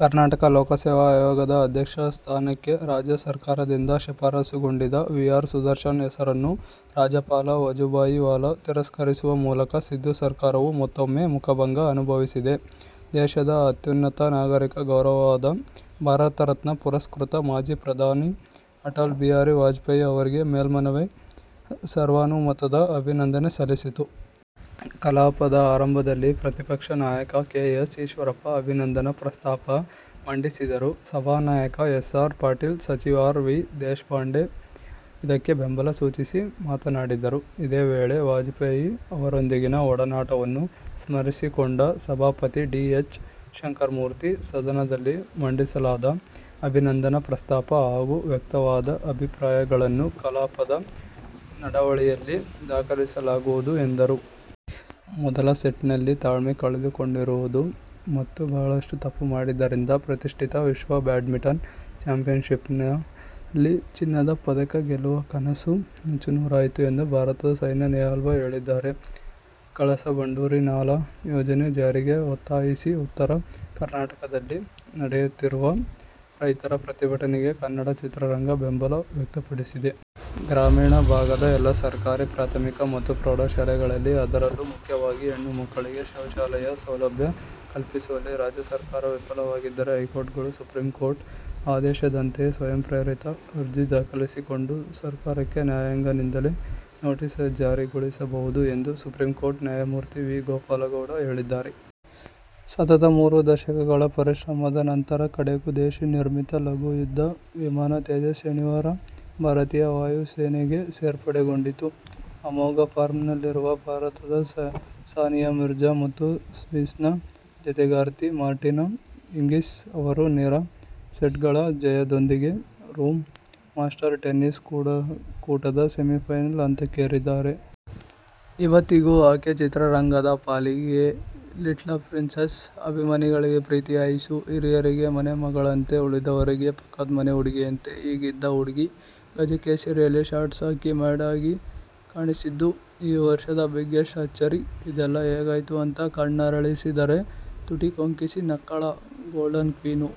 ಕರ್ನಾಟಕ ಲೋಕಸೇವಾ ಆಯೋಗದ ಅಧ್ಯಕ್ಷ ಸ್ಥಾನಕ್ಕೆ ರಾಜ್ಯ ಸರ್ಕಾರದಿಂದ ಶಿಫಾರಸ್ಸುಗೊಂಡಿದ್ದ ವಿ. ಆರ್ ಸುದರ್ಶನ್ ಹೆಸರನ್ನು ರಾಜ್ಯಪಾಲ ವಜುಭಾಯಿ ವಾಲಾ ತಿರಸ್ಕರಿಸುವ ಮೂಲಕ ಸಿದ್ದು ಸರ್ಕಾರವು ಮತ್ತೊಮ್ಮೆ ಮುಖಭಂಗ ಅನುಭವಿಸಿದೆ. ದೇಶದ ಅತ್ಯುನ್ನತ ನಾಗರಿಕ ಗೌರವವಾದ ಭಾರತರತ್ನ ಪುರಸ್ಕೃತ ಮಾಜಿ ಪ್ರಧಾನಿ ಅಟಲ್ ಬಿಹಾರಿ ವಾಜಪೇಯಿ ಅವರಿಗೆ ಮೇಲ್ಮನೆ ಸರ್ವಾನುಮತದ ಅಭಿನಂದನೆ ಸಲ್ಲಿಸಿತು. ಕಲಾಪದ ಆರಂಭದಲ್ಲಿ ಪ್ರತಿಪಕ್ಷ ನಾಯಕ ಕೆ. ಎಸ್. ಈಶ್ವರಪ್ಪ ಅಭಿನಂದನಾ ಪ್ರಸ್ತಾಪ ಮಂಡಿಸಿದರು. ಸಭಾನಾಯಕ ಎಸ್. ಆರ್. ಪಾಟೀಲ್, ಸಚಿವ ಆರ್. ವಿ. ದೇಶಪಾಂಡೆ ಇದಕ್ಕೆ ಬೆಂಬಲ ಸೂಚಿಸಿ ಮಾತನಾಡಿದರು. ಇದೇ ವೇಳೆ ವಾಜಪೇಯಿ ಅವರೊಂದಿಗಿನ ಒಡನಾಟವನ್ನು ಸ್ಮರಿಸಿಕೊಂಡ ಸಭಾಪತಿ ಡಿ. ಎಚ್. ಶಂಕರಮೂರ್ತಿ, ಸದನದಲ್ಲಿ ಮಂಡಿಸಲಾದ ಅಭಿನಂದನಾ ಪ್ರಸ್ತಾಪ ಹಾಗೂ ವ್ಯಕ್ತವಾದ ಅಭಿಪ್ರಾಯಗಳನ್ನು ಕಲಾಪದ ನಡಾವಳಿಯಲ್ಲಿ ದಾಖಲಿಸಲಾಗುವುದು ಎಂದರು. ಮೊದಲ ಸೆಟ್ನಲ್ಲಿ ತಾಳ್ಮೆ ಕಳೆದುಕೊಂಡಿರುವುದು ಮತ್ತು ಬಹಳಷ್ಟು ತಪ್ಪು ಮಾಡಿದ್ದರಿಂದ ಪ್ರತಿಷ್ಠಿತ ವಿಶ್ವ ಬ್ಯಾಡ್ಮಿಂಟನ್ ಚಾಂಪಿಯನ್ಶಿಪ್ನಲ್ಲಿ ಚಿನ್ನದ ಪದಕ ಗೆಲ್ಲುವ ಕನಸು ನುಚ್ಚುನೂರಾಯಿತು ಎಂದು ಭಾರತದ ಸೈನಾ ನೆಹ್ವಾಲ್ ಹೇಳಿದ್ದಾರೆ. ಕಳಸಾ-ಬಂಡೂರಿ ನಾಲಾ ಯೋಜನೆ ಜಾರಿಗೆ ಒತ್ತಾಯಿಸಿ ಉತ್ತರ ಕರ್ನಾಟಕದಲ್ಲಿ ನಡೆಯುತ್ತಿರುವ ರೈತರ ಪ್ರತಿಭಟನೆಗೆ ಕನ್ನಡ ಚಿತ್ರರಂಗ ಬೆಂಬಲ ವ್ಯಕ್ತಪಡಿಸಿದೆ. ಗ್ರಾಮೀಣ ಭಾಗದ ಎಲ್ಲಾ ಸರ್ಕಾರಿ ಪ್ರಾಥಮಿಕ ಮತ್ತು ಪ್ರೌಢ ಶಾಲೆಗಳಲ್ಲಿ, ಅದರಲ್ಲೂ ಮುಖ್ಯವಾಗಿ ಹೆಣ್ಣು ಮಕ್ಕಳಿಗೆ ಶೌಚಾಲಯ ಸೌಲಭ್ಯ ಕಲ್ಪಿಸುವಲ್ಲಿ ರಾಜ್ಯ ಸರ್ಕಾರ ವಿಫಲವಾಗಿದ್ದರೆ ಹೈಕೋರ್ಟ್ಗಳು ಸುಪ್ರೀಂ ಕೋರ್ಟ್ ಆದೇಶದಂತೆಸ್ವಯಂಪ್ರೇರಿತ ಅರ್ಜಿ ದಾಖಲಿಸಿಕೊಂಡು ಸರ್ಕಾರಕ್ಕೆ ನ್ಯಾಯಾಂಗ ನಿಂದನೆ ನೋಟಿಸ್ಜಾರಿಗೊಳಿಸಬಹುದು ಎಂದು ಸುಪ್ರೀಂಕೋರ್ಟ್ ನ್ಯಾಯಮೂರ್ತಿ ವಿ. ಗೋಪಾಲಗೌಡ ಹೇಳಿದ್ದಾರೆ. ಸತತ ಮೂರು ದಶಕಗಳ ಪರಿಶ್ರಮದ ನಂತರ ಕಡೆಗೂ ದೇಶೀ ನಿರ್ಮಿತ ಲಘು ಯುದ್ಧ ವಿಮಾನ "ತೇಜಸ್' ಶನಿವಾರ ಭಾರತೀಯ ವಾಯುಸೇನೆಗೆ ಸೇರ್ಪಡೆಗೊಂಡಿತು. ಅಮೋಘ ಫಾರ್ಮ್ನಲ್ಲಿರುವ ಭಾರತದ ಸಾನಿಯಾ ಮಿರ್ಜಾ ಮತ್ತು ಸ್ವಿಸ್ನ ಜತೆಗಾರ್ತಿ ಮಾರ್ಟಿನಾ ಹಿಂಗಿಸ್ ಅವರು ನೇರ ಸೆಟ್ಗಳ ಜಯದೊಂದಿಗೆ ರೋಮ್ ಮಾಸ್ಟರ್ ಟೆನಿಸ್ ಕೂಟದ ಸೆಮಿಫೈನಲ್ ಹಂತಕ್ಕೇರಿದ್ದಾರೆ. ಇವತ್ತಿಗೂ ಆಕೆ ಚಿತ್ರರಂಗದ ಪಾಲಿಗೆ ಲಿಟ್ಲ ಪ್ರಿನ್ಸೆಸ್. ಅಭಿಮಾನಿಗಳಿಗೆ ಪ್ರೀತಿಯ ಐಸೂ. ಹಿರಿಯರಿಗೆ ಮನೆ ಮಗಳಂತೆ. ಉಳಿದವರಿಗೆ ಪಕ್ಕದ್ಮನೆ ಹುಡ್ಗಿಯಂತೆ. ಹೀಗಿದ್ದ ಹುಡ್ಗಿ "ಗಜಕೇಸರಿ'ಯಲ್ಲಿ ಶಾರ್ಟ್ಸ್ ಹಾಕಿ ಮಾಡ್ ಆಗಿ ಕಾಣಿಸಿದ್ದು ಈ ವರ್ಷದ ಬಿಗ್ಗೆಸ್ಟ್ ಅಚ್ಚರಿ. ಇದೆಲ್ಲಾ ಹೇಗಾಯ್ತು ಅಂತ ಕಣ್ಣರಳಿಸಿದರೆ ತುಟಿ ಕೊಂಕಿಸಿ ನಕ್ಕಳಾ ಗೋಲ್ಡನ್ ಕ್ವೀನು.